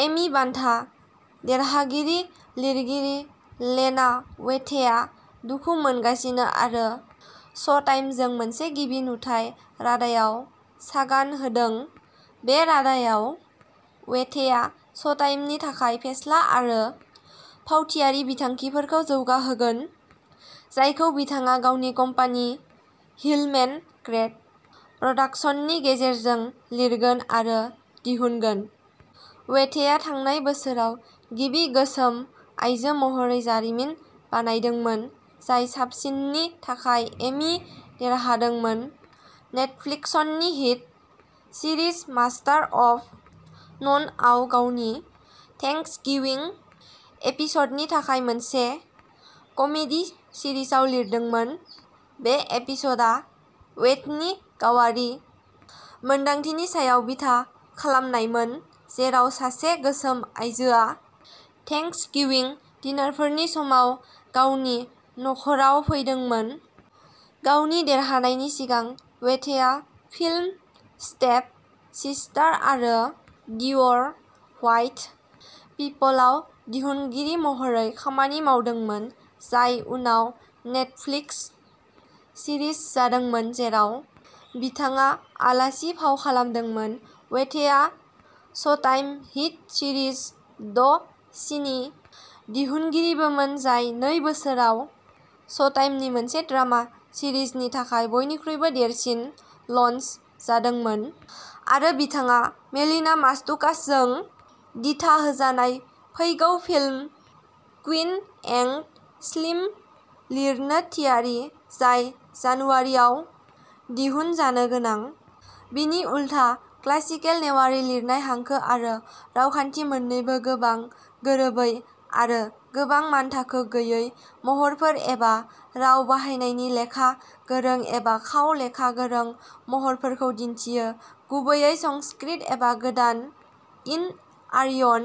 Amy बान्था देरहागिरि लिरगिरि लेना वेथेआ दुखु मोनगासिनो आरो श'टाइमजों मोनसे गिबि-नुथाइ रादायाव सागान होदों! बे रादायाव, वेथेआ श'टाइमनि थाखाय फेस्ला आरो फावथायारि बिथांखिफोरखौ जौगाहोगोन, जायखौ बिथाङा गावनि कम्पानि हिलमेन ग्रेड प्रडाक्शन्सनि गेजेरजों लिरगोन आरो दिहुनगोन। वेथेआ थांनाय बोसोराव गिबि गोसोम आयजो महरै जारिमिन बानायदोंमोन, जाय साबसिननि थाखाय एमी देरहादोंमोन। नेटफ्लिक्सनि हिट सिरिज मास्टार अफ ननआव गावनि "थेंक्सगिविं" एपिसडनि थाखाय मोनसे कमेडी सिरिजआव लिरदोंमोन। बे एपिसडआ वेथनि गावारि मोनदांथिनि सायाव बिथा खालामनायमोन, जेराव सासे गोसोम आयजोआ थेंक्सगिविं डिनारफोरनि समाव गावनि नख'राव फैदोंमोन। गावनि देरहानायनि सिगां वेथेआ फिल्म स्टेप सिस्टार आरो डियर व्हाइट पिपलआव दिहुनगिरि महरै खामानि मावदोंमोन, जाय उनाव नेटफ्लिक्स सिरिज जादोंमोन जेराव बिथाङा आलासि फाव खालामदोंमोन। वेथेआ श'टाइम हिट सीरीज द चीनि दिहुनगिरिबोमोन, जाय नै बोसोराव श'टाइमनि मोनसे ड्रामा सिरिजनि थाखाय बयनिख्रुइ देरसिन लन्च जादोंमोन, आरो बिथाङा मेलिना मात्सुकासजों दिथाहोजानाय फैगौ फिल्म, क्वीन एंड स्लिम लिरनो थियारि, जाय जानुवारिआव दिहुनजानो गोनां। बिनि उलथा, क्लासिकेल नेवारी लिरनाय-हांखो आरो रावखान्थि-मोननैबो गोबां गोरोबै आरो गोबां मानथाखो गैयै महरफोर एबा राव बाहायनायनि लेखा गोरों एबा खाव-लेखा गोरों महरफोरखौ दिन्थियो, गुबैयै संस्कृत एबा गोदान इन्ड'- आरियान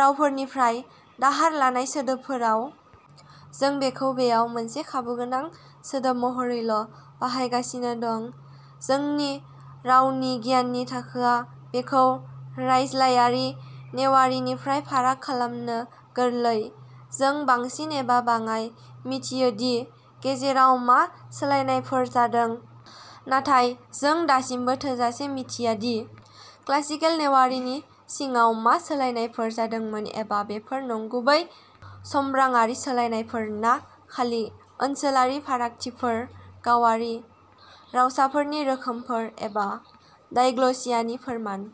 रावफोरनिफ्राय दाहार लानाय सोदोबफोराव। जों बेखौ बेयाव मोनसे खाबुगोनां सोदोब महरैल'बाहायगासिनो दं। जोंनि रावनि गियाननि थाखोआ बेखौ रायज्लायारि नेवारीनिफ्राय फाराग खालामनो गोरलै। जों, बांसिन एबा बाङाय, मिथियो दि गेजेराव मा सोलायनायफोर जादों, नाथाय जों दासिमबो थोजासे मिथिया दि क्लासिकेल नेवारीनि सिङाव मा सोलायनायफोर जादोंमोन एबा बेफोर नंगुबै समब्राङारि सोलायनायफोर ना खालि ओनसोलारि फारागथिफोर-गावारि रावसाफोरनि रोखोमफोर, एबा डायग्लसिया नि फोरमान।